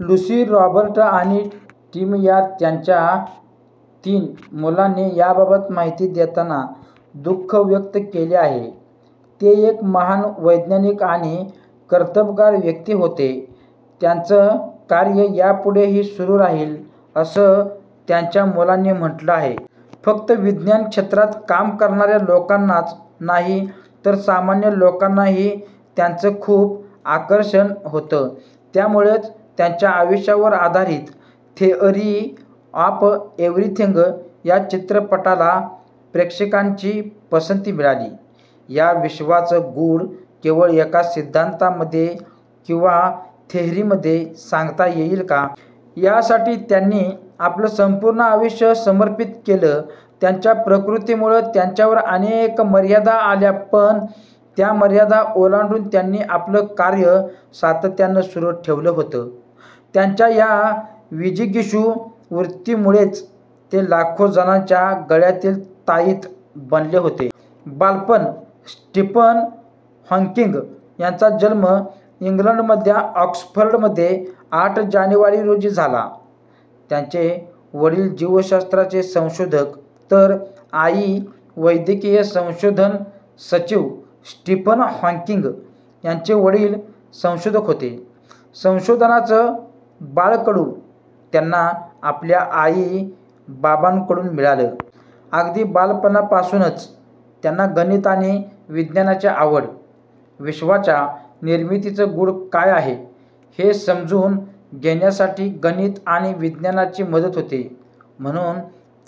Lucy, Robert आणि Tim या त्यांच्या तीन मुलांनी याबाबत माहिती देताना दुःख व्यक्त केलं आहे. ते एक महान वैज्ञानिक आणि कर्तबगार व्यक्ती होते, त्यांच कार्य यापुढेही सुरू राहील, असं त्यांच्या मुलांनी म्हटलं आहे. फक्त विज्ञान क्षेत्रात काम करणाऱ्या लोकांनाच नाही तर सामान्य लोकांनाही त्यांचं खूप आकर्षण होतं. त्यामुळेच त्यांच्या आयुष्यावर आधारित थेअरी ऑफ एव्हरीथिंग या चित्रपटाला प्रेक्षकांची पसंती मिळाली. या विश्वाचं गूढ केवळ एका सिद्धांतामध्ये किंवा थेअरीमध्ये सांगता येईल का? यासाठी त्यांनी आपलं संपूर्ण आयुष्य समर्पित केलं. त्यांच्या प्रकृतीमुळं त्यांच्यावर अनेक मर्यादा आल्या, पण त्या मर्यादा ओलांडून त्यांनी आपलं कार्य सातत्यानं सुरू ठेवलं होतं. त्यांच्या या विजिगीषू वृत्तीमुळेच ते लाखो जणांच्या गळ्यातील ताईत बनले होते. बालपण स्टीफन हॉकिंग यांचा जन्म इंग्लंडमधल्या ऑक्सफर्डमध्ये आठ जानेवारी रोजी झाला. त्यांचे वडील जीवशास्त्राचे संशोधक तर आई वैद्यकीय संशोधन सचिव. स्टीफन हॉकिंग यांचे वडील संशोधक होते. संशोधनाचं बाळकडू त्यांना आपल्या आई बाबांकडून मिळालं. अगदी बालपणापासूनच त्यांना गणित आणि विज्ञानाची आवड. विश्वाच्या निर्मितीचं गूढ काय आहे हे समजून घेण्यासाठी गणित आणि विज्ञानाची मदत होते, म्हणून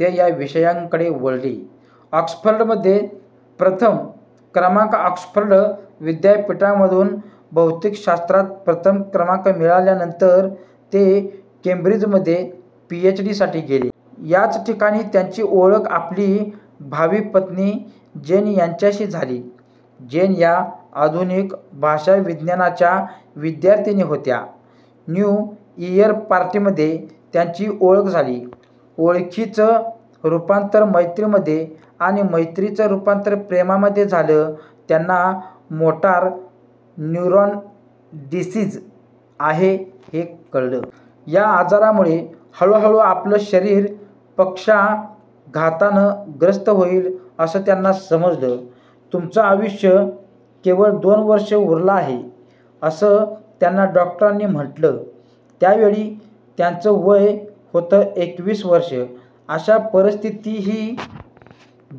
ते या विषयांकडे वळले. ऑक्सफर्डमध्ये प्रथम क्रमांक ऑक्सफर्ड विद्यापीठामधून भौतिकशास्त्रात प्रथम क्रमांक मिळवल्यानंतर ते केंब्रिजमध्ये पीएचडीसाठी गेले. याच ठिकाणी त्यांची ओळख आपली भावी पत्नी जेन यांच्याशी झाली. जेन या आधुनिक भाषाविज्ञानाच्या विद्यार्थिनी होत्या. न्यू इअर पार्टीमध्ये त्यांची ओळख झाली. ओळखीचं रुपांतर मैत्रीमध्ये आणि मैत्रीचं रुपांतर प्रेमामध्ये झालं. त्यांना मोटार न्यूरॉन डिसीज आहे हे कळलं. या आजारामुळे हळुहळू आपलं शरीर पक्षाघातानं ग्रस्त होईल असं त्यांना समजलं. तुमचं आयुष्य केवळ दोन वर्ष उरलं आहे, असं त्यांना डॉक्टरांनी म्हटलं. त्यावेळी त्यांचं वय होतं एकवीस वर्षं. अशा परिस्थितीही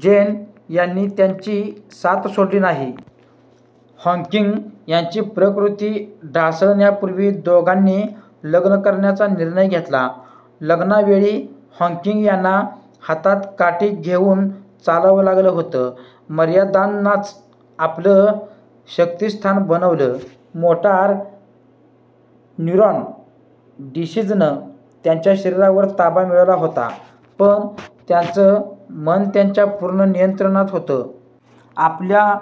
जेन यांनी त्यांची साथ सोडली नाही. हॉकिंग यांची प्रकृती ढासळण्यापूर्वी दोघांनी लग्न करण्याचा निर्णय घेतला. लग्नावेळी हॉकिंग यांना हातात काठी घेऊन चालावं लागलं होतं. मर्यादांनाच आपलं शक्तिस्थान बनवलं मोटार न्यूरॉन डिसीजनं त्यांच्या शरीरावर ताबा मिळवला होता, पण त्यांचं मन त्यांच्या पूर्ण नियंत्रणात होतं. आपल्या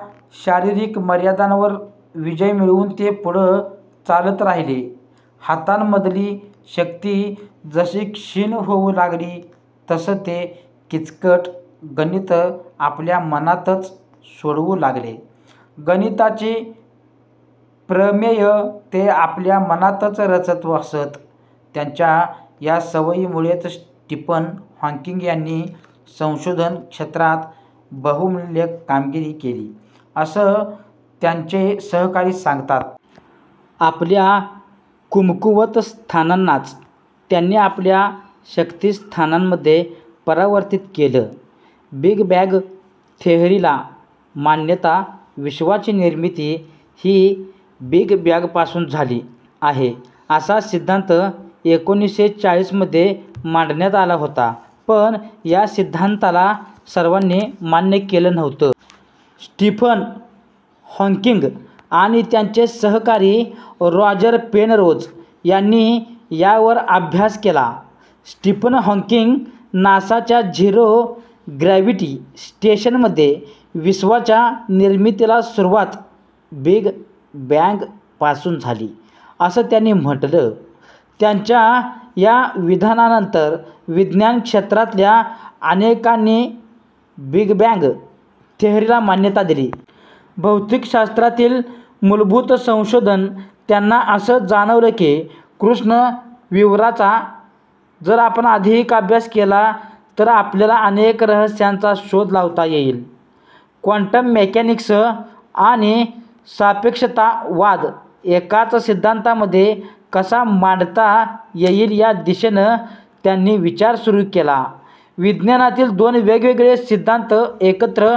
शारीरिक मर्यादांवर विजय मिळवून ते पुढं चालत राहिले. हातांमधली शक्ती जशी क्षीण होऊ लागली तसं ते किचकट गणितं आपल्या मनातच सोडवू लागले. गणिताची प्रमेयं ते आपल्या मनातच रचत असत. त्यांच्या या सवयीमुळेच स्टीफन हॉकिंग यांनी संशोधन क्षेत्रात बहुमूल्य कामगिरी केली, असं त्यांचे सहकारी सांगतात. आपल्या कमकुवत स्थानांनाच त्यांनी आपल्या शक्तिस्थानांमध्ये परावर्तित केलं. बिग बॅंग थेअरीला मान्यता विश्वाची निर्मिती ही बिग बॅंगपासून झाली आहे असा सिद्धांत एकोणीसशे चाळीसमध्ये मांडण्यात आला होता. पण या सिद्धांताला सर्वांनी मान्य केलं नव्हतं. स्टीफन हॉकिंग आणि त्यांचे सहकारी रॉजर पेनरोज यांनी यावर अभ्यास केला. स्टीफन हॉकिंग नासाच्या झिरो ग्रॅव्हिटी स्टेशनमध्ये. विश्वाच्या निर्मितीला सुरुवात बिग बॅंगपासून झाली असं त्यांनी म्हटलं. त्यांच्या या विधानानंतर विज्ञान क्षेत्रातल्या अनेकांनी बिग बॅंग थेअरीला मान्यता दिली. भौतिकशास्त्रातील मूलभूत संशोधन त्यांना असं जाणवलं की, कृष्णविवराचा जर आपण अधिक अभ्यास केला तर आपल्याला अनेक रहस्यांचा शोध लावता येईल. क्वांटम मेकॅनिक्स आणि सापेक्षतावाद एकाच सिद्धांतामध्ये कसा मांडता येईल या दिशेनं त्यांनी विचार सुरू केला. विज्ञानातील दोन वेगवेगळे सिद्धांत एकत्र